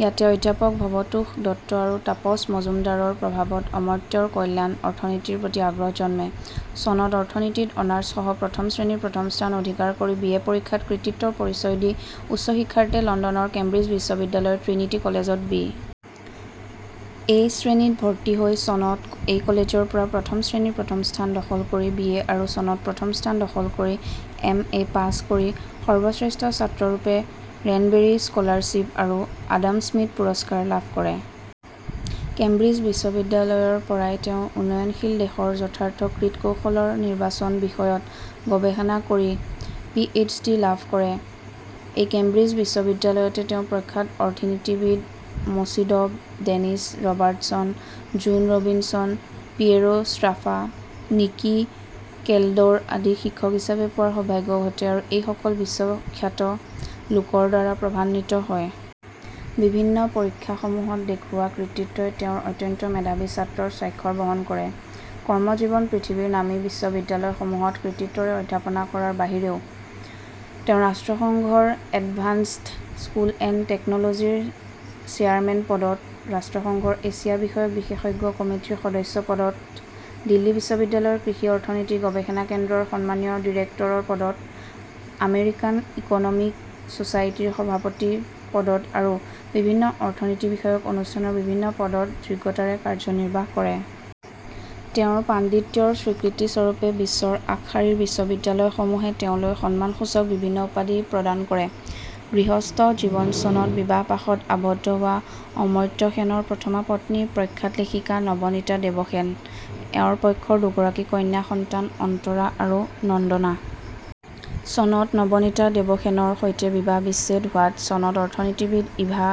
ইয়াতে অধ্যাপক ভৱতোষ দত্ত আৰু তাপস মজুমদাৰৰ প্ৰভাৱত অমৰ্ত্যৰ কল্যাণ অৰ্থনীতিৰ প্ৰতি আগ্ৰহ জন্মে। চনত অৰ্থনীতিত অনাৰ্ছসহ প্ৰথম শ্ৰেণীৰ প্ৰথম স্থান অধিকাৰ কৰি বি. এ পৰীক্ষাত কৃতিত্বৰ পৰিচয় দি উচ্চ শিক্ষাৰ্থে লণ্ডনৰ কেম্ব্ৰিজ বিশ্ববিদ্যালয়ৰ ট্ৰিনিটি কলেজত বি. এ. শ্ৰেণীত ভৰ্তি হৈ চনত এই কলেজৰপৰা প্ৰথম শ্ৰেণীৰ প্ৰথম স্থান দখল কৰি বি. এ. আৰু চনত প্ৰথম স্থান দখল কৰি এম. এ. পাছ কৰি সৰ্বশ্ৰেষ্ঠ ছাত্ৰ-ৰূপে ৰেনবেৰি স্কলাৰচিপ্ আৰু আদাম স্মিথ পুৰস্কাৰ লাভ কৰে। কেম্ব্ৰিজ বিশ্ববিদ্যালয়ৰ পৰাই তেওঁ "উন্নয়নশীল দেশৰ যথাৰ্থ কৃৎ-কৌশলৰ নিৰ্বাচন" বিষয়ত গৱেষণা কৰি, পি. এইচ. ডি. লাভ কৰে। এই কেম্বিজ বিশ্ববিদ্যালয়তে তেওঁ প্ৰখ্যাত অৰ্থনীতিবিদ Maurice Dobb, Dennis- Robertson, Joan Robinson, Piero Sraffa, Nicky Kaldor আদিক শিক্ষক হিচাপে পোৱাৰ সৌভাগ্য ঘটে আৰু এইসকল বিশ্বখ্যাত লোকৰ দ্বাৰা প্ৰভাৱান্বিত হয়। বিভিন্ন পৰীক্ষাসমূহত দেখুওৱা কৃতিত্বই তেওঁৰ অত্যন্ত মেধাৱী ছাত্ৰৰ স্বাক্ষৰ বহন কৰে। কৰ্মজীৱন পৃথিৱীৰ নামী বিশ্ববিদ্যালয়সমূহত কৃতিত্বৰে অধ্যাপনা কৰাৰ বাহিৰেও তেওঁ ৰাষ্ট্ৰসংঘৰ এডভান্সড্ স্কুল এণ্ড টেকনলজিৰ চেয়াৰমেন পদত, ৰাষ্ট্ৰসংঘৰ এছিয়া বিষয়ক বিশেষজ্ঞ কমিটীৰ সদস্য পদত, দিল্লী বিশ্ববিদ্যালয়ৰ কৃষি-অৰ্থনীতি গৱেষণা কেন্দ্ৰৰ সন্মানীয় ডিৰেক্টৰৰ পদত; আমেৰিকান ইকনমিক ছোচাইটিৰ সভাপতি পদত আৰু বিভিন্ন অৰ্থনীতি বিষয়ক অনুষ্ঠানৰ বিভিন্ন পদত যোগ্যতাৰে কাৰ্য-নিৰ্বাহ কৰে। তেওঁৰ পাণ্ডিত্যৰ স্বীকৃতি স্বৰূপে বিশ্বৰ আগশাৰীৰ বিশ্ববিদ্যালয়সমূহে তেওঁলৈ সন্মানসূচক বিভিন্ন উপাধি প্ৰদান কৰে। গৃহস্থ জীৱন চনত বিবাহপাশত আবদ্ধ হোৱা অমৰ্ত্য সেনৰ প্ৰথমা পত্নী প্ৰখ্যাত লেখিকা নবনীতা দেবসেন। এওঁৰ পক্ষৰ দুগৰাকী কন্যা সন্তান- অন্তৰা আৰু নন্দনা। চনত নবনীতা দেবসেনৰ সৈতে বিবাহ বিচ্ছেদ হোৱাত চনত অৰ্থনীতিবিদ ইভা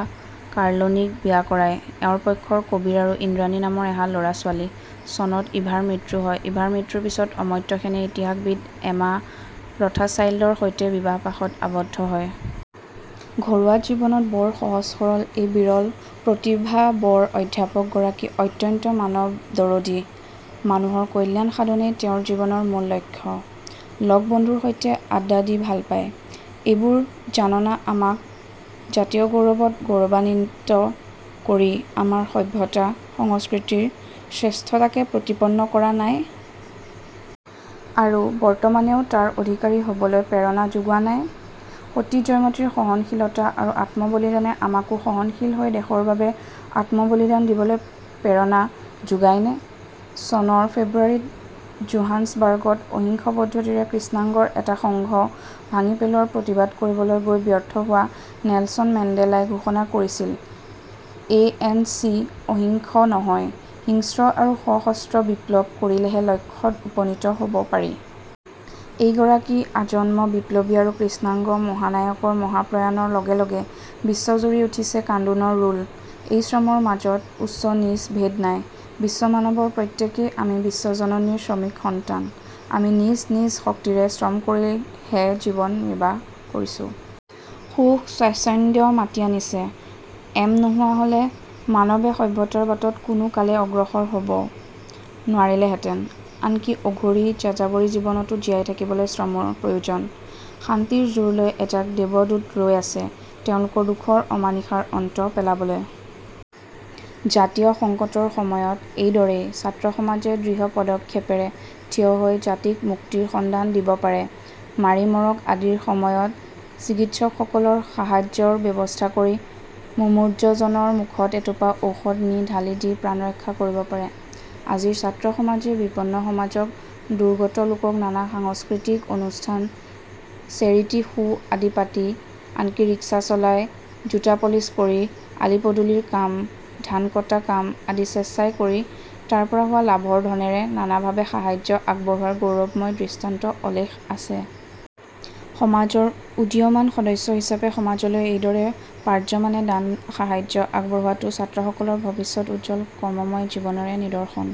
কাৰ্লোনিক বিয়া কৰায়। এওঁৰ পক্ষৰ কবিৰ আৰু ইন্দ্ৰাণী নামৰ এহাল ল'ৰা-ছোৱালী। চনত ইভাৰ মৃত্যু হয়। ইভাৰ মৃত্যুৰ পিছত অমৰ্ত্য সেনে ইতিহাসবিদ এমা ৰথাচাইল্ড-ৰ সৈতে বিবাহপাশত আৱদ্ধ হয়। ঘৰুৱা জীৱনত বৰ সহজ-সৰল এই বিৰল প্ৰতিভাবৰ অধ্যাপক গৰাকী অত্যন্ত মানৱদৰদী। মানুহৰ কল্যাণ সাধনেই তেওঁৰ জীৱনৰ মূল লক্ষ্য। লগ-বন্ধুৰ সৈতে আড্ডা দি ভাল পায়। এইবােৰ জাননা আমাক জাতীয় গৌৰবত গৌৰৱান্বিত কৰি আমাৰ সভ্যতা, সংস্কৃতিৰ শ্ৰেষ্ঠতাকে প্ৰতিপন্ন কৰানাই? আৰু বৰ্তমানেও তাৰ অধিকাৰী হ'বলৈ প্ৰেৰণা যােগােৱা নাই? সতী জয়মতীৰ সহনশীলতা আৰু আত্ম-বলিদানে আমাকো সহনশীল হৈ দেশৰ বাবে আত্মবলিদান দিবলৈ প্ৰেৰণা যোগায়নে? চনৰ ফেব্ৰুৱাৰীত জোহান্সবাৰ্গত অহিংস পদ্ধতিৰে কৃষ্ণাংগৰ এটা সংঘ ভাঙি পেলোৱাৰ প্ৰতিবাদ কৰিবলৈ গৈ ব্যৰ্থ হোৱা নেলছন মেণ্ডেলাই ঘোষণা কৰিছিল- এ এন চি অহিংস নহয়; হিংস্ৰ আৰু সশস্ত্ৰ বিপ্লৱ কৰিলেহে লক্ষ্যত উপনীত হ'ব পাৰি। এইগৰাকী আজন্ম বিপ্লৱী আৰু কৃষ্ণাংগ মহানায়কৰ মহাপ্ৰয়াণৰ লগে লগে বিশ্বজুৰি উঠিছে কান্দোনৰ ৰোল। এই শ্ৰমৰ মাজত উচ্চ-নীচ ভেদ নাই। বিশ্বমানৱৰ প্ৰত্যেকেই আমি বিশ্ব-জননীৰ শ্ৰমিক সন্তান। আমি নিজ নিজ শক্তিৰে শ্ৰম কৰিহেজীবন নিৰ্বাহ কৰিছো। সুখ-স্বাচ্ছন্দ্য মাতি আনিছে। এম নােহােৱা হলে মানৰে সভ্যতাৰ বাটত কোনাে কালে অগ্ৰসৰ হব। নােৱাৰিলেহেঁতেন। আনকি অঘৰী, যাযাবৰী জীৱনতাে জীয়াই থাকিবলৈ শ্ৰমৰ প্ৰয়োজন। শান্তিৰ জুৰ লৈ এজাক দেৱদূত ৰৈ আছে তেওঁলােকৰ দুখৰ অমানিশাৰ অন্ত পেলাবলৈ। জাতীয় সংকটৰ সময়ত এইদৰেই ছাত্ৰ-সমাজে দৃঢ় পদক্ষেপেৰে থিয় হৈ জাতিক মুক্তিৰ সন্ধান দিব পাৰে; মাৰিমৰক আদিৰ সময়ত চিকিৎসকসকলৰ সাহায্যৰ ব্যৱস্থা কৰি, মুমূৰ্যজনৰ মুখত এটোপা ঔষধ নি ঢালি দি প্ৰাণ ৰক্ষা কৰিব পাৰে। আজিৰ ছাত্ৰ-সমাজে বিপন্ন সমাজক, দুৰ্গত লােকক নানা সাংস্কৃতিক অনুষ্ঠান, চেৰিটি শাে আদি পাতি, আনকি ৰিক্সা চলাই, জোতা পলিছ কৰি, আলিপদূলিৰ কাম, ধান কটা কাম আদি স্বেচ্ছাই কৰি তাৰপৰা হােৱা লাভৰ ধনেৰে নানাভাবে সাহায্য আগবঢ়োৱাৰ গৌৰৱময় দৃষ্টান্ত অলেখ আছে। সমাজৰ উদীয়মান সদস্য হিচাপে সমাজলৈ এইদৰে পাৰ্যমানে দান, সাহায্য আগবঢ়োৱাটো ছাত্ৰসকলৰ ভৱিষ্যত উজ্জ্বল কৰ্মময় জীৱনৰে নিদৰ্শন।